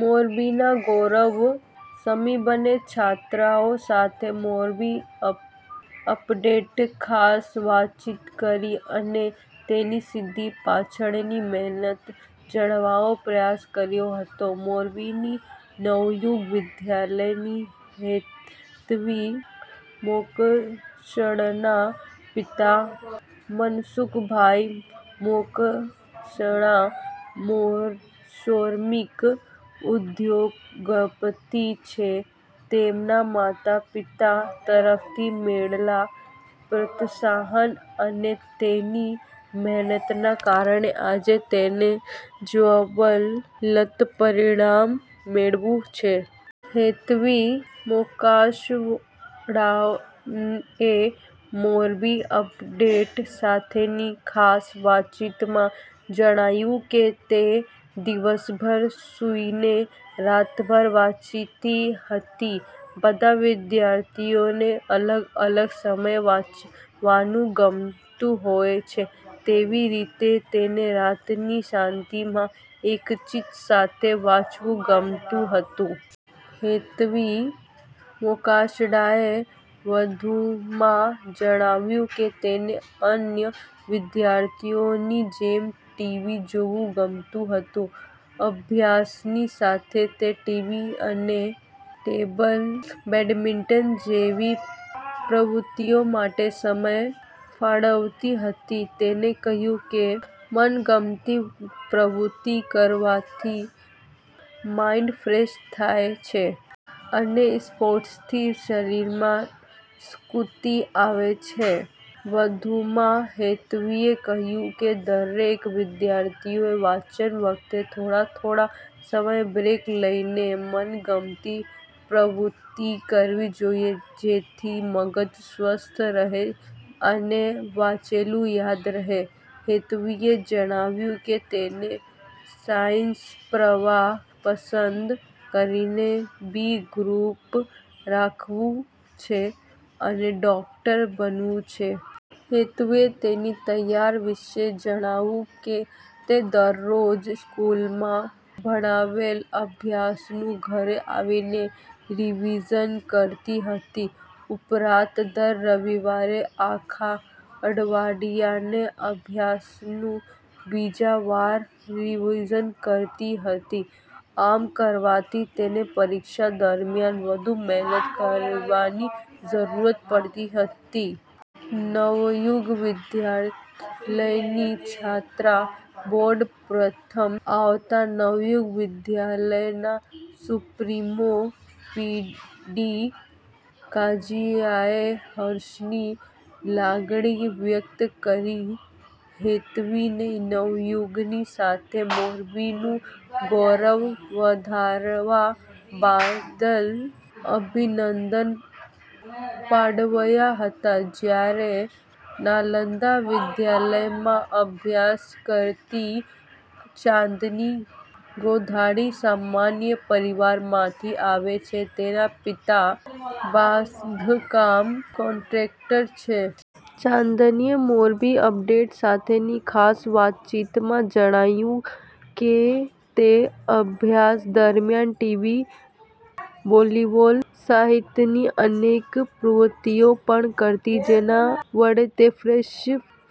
મોરબીના ગૌરવ સમીબન્ને છાત્રાઓ સાથે 'મોરબી અપડેટે' ખાસ વાતચીત કરી અને તેનીસિદ્ધિ પાછળની મહેનત જાણવાનો પ્રયાસ કર્યો હતો. મોરબીની નવયુગ વિદ્યાલયની હેત્વી મોકાસણાના પિતા મનસુખભાઈ મોકાસણા સોરમીક ઉદ્યોગપતિ છે. તેમના માતા- પિતા તરફથી મળેલા પ્રત્સાહન અને તેની મહેનતના કારણે આજે તેને જ્વલંત પરિણામ મેળવ્યું છે. હેત્વી મોકાસણાએ 'મોરબી અપડેટ' સાથેની ખાસ વાતચીતમાં જણાવ્યું કે તે દિવસભર સૂઇને રાતભર વાંચતી હતી. બધા વિદ્યાર્થીઓને અલગ અલગ સમયે વાંચવાંનું ગમતું હોય છે. તેવી રીતે તેને રાતની શાંતીમાં એકચીત સાથે વાંચવું ગમતું હતું. હેત્વી મોકાસણાએ વધુમાં જણાવ્યું કે તેને અન્ય વિદ્યાર્થીઓની જેમ ટીવી જોવું ગમતું હતું. અભ્યાસની સાથે તે ટીવી અને બેડમિન્ટન જેવી પ્રવૃતિઓ માટે સમય ફાળવતી હતી. તેને કહ્યું કે મનગમતી પ્રવૃત્તિ કરવાથી માઈન્ડ ફ્રેશ થાય છે. અને સ્પોર્ટથી શરીરમાં સ્ફૂર્તિ આવે છે. વધૂમાં હેત્વીએ કહ્યું કે દરેક વિદ્યાર્થીઓએ વાંચન વખતે થોડા થોડા સમયે બ્રેક લઈને મનગમતી પ્રવૃત્તિ કરવી જોઈએ જેથી મગજ સ્વસ્થ રહે અને વાંચેલું યાદ રહે. હેત્વીએ જણાવ્યું કે તેને સાયન્સ પ્રવાહ પસંદ કરીને બી ગ્રુપ રાખવું છે અને ડોકટર બનવુ છે. હેત્વીએ તેની તૈયારી વિશે જણાવ્યું કે તે દરરોજ સ્કૂલમાં ભણાવેલ અભ્યાસનું ઘરે આવીને રિવિઝન કરતી હતી. ઉપરાંત દર રવિવારે આખા અઠવાડિયાના અભ્યાસનું બીજી વાર રિવિઝન કરતી હતી. આમ કરવાથી તેને પરીક્ષા દરમિયાન વધુ મહેનત કરવાની જરૂર પડીહતી. નવયુગ વિદ્યાલયની છાત્રા બોર્ડ પ્રથમ આવતા નવયુગ વિદ્યાલયના સુપ્રીમો પી. ડી. કાંજીયાએ હર્ષની લાગણી વ્યકત કરી હેત્વીને નવયુગની સાથે મોરબીનું ગૌરવ વધારવા બાદલ અભિનંદન પાઠવ્યા હતા. જયારે નાલંદા વિદ્યાલયમાં અભ્યાસ કરતી ચાંદની ગોધાણી સામાન્ય પરિવારમાંથી આવે છે તેના પિતા બાંધકામ કોન્ટ્રાકટર છે. ચાંદનીએ 'મોરબી અપડેટ' સાથેની ખાસ વાતચીતમાં જણાવ્યું કે તે અભ્યાસ દરમિયાન ટીવી, વોલીબોલ સહિતની અનેક પ્રવૃતિઓ પણ કરતી જેના વડે તે ફ્રેશ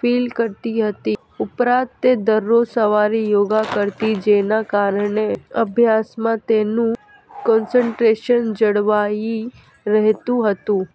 ફિલ કરતી હતી. ઉપરાંત તે દરરોજ સવારે યોગા કરતી જેના કારણે અભ્યાસમાં તેનું કૉન્સ્ટ્રેશન જળવાઈ રહેતું હતું.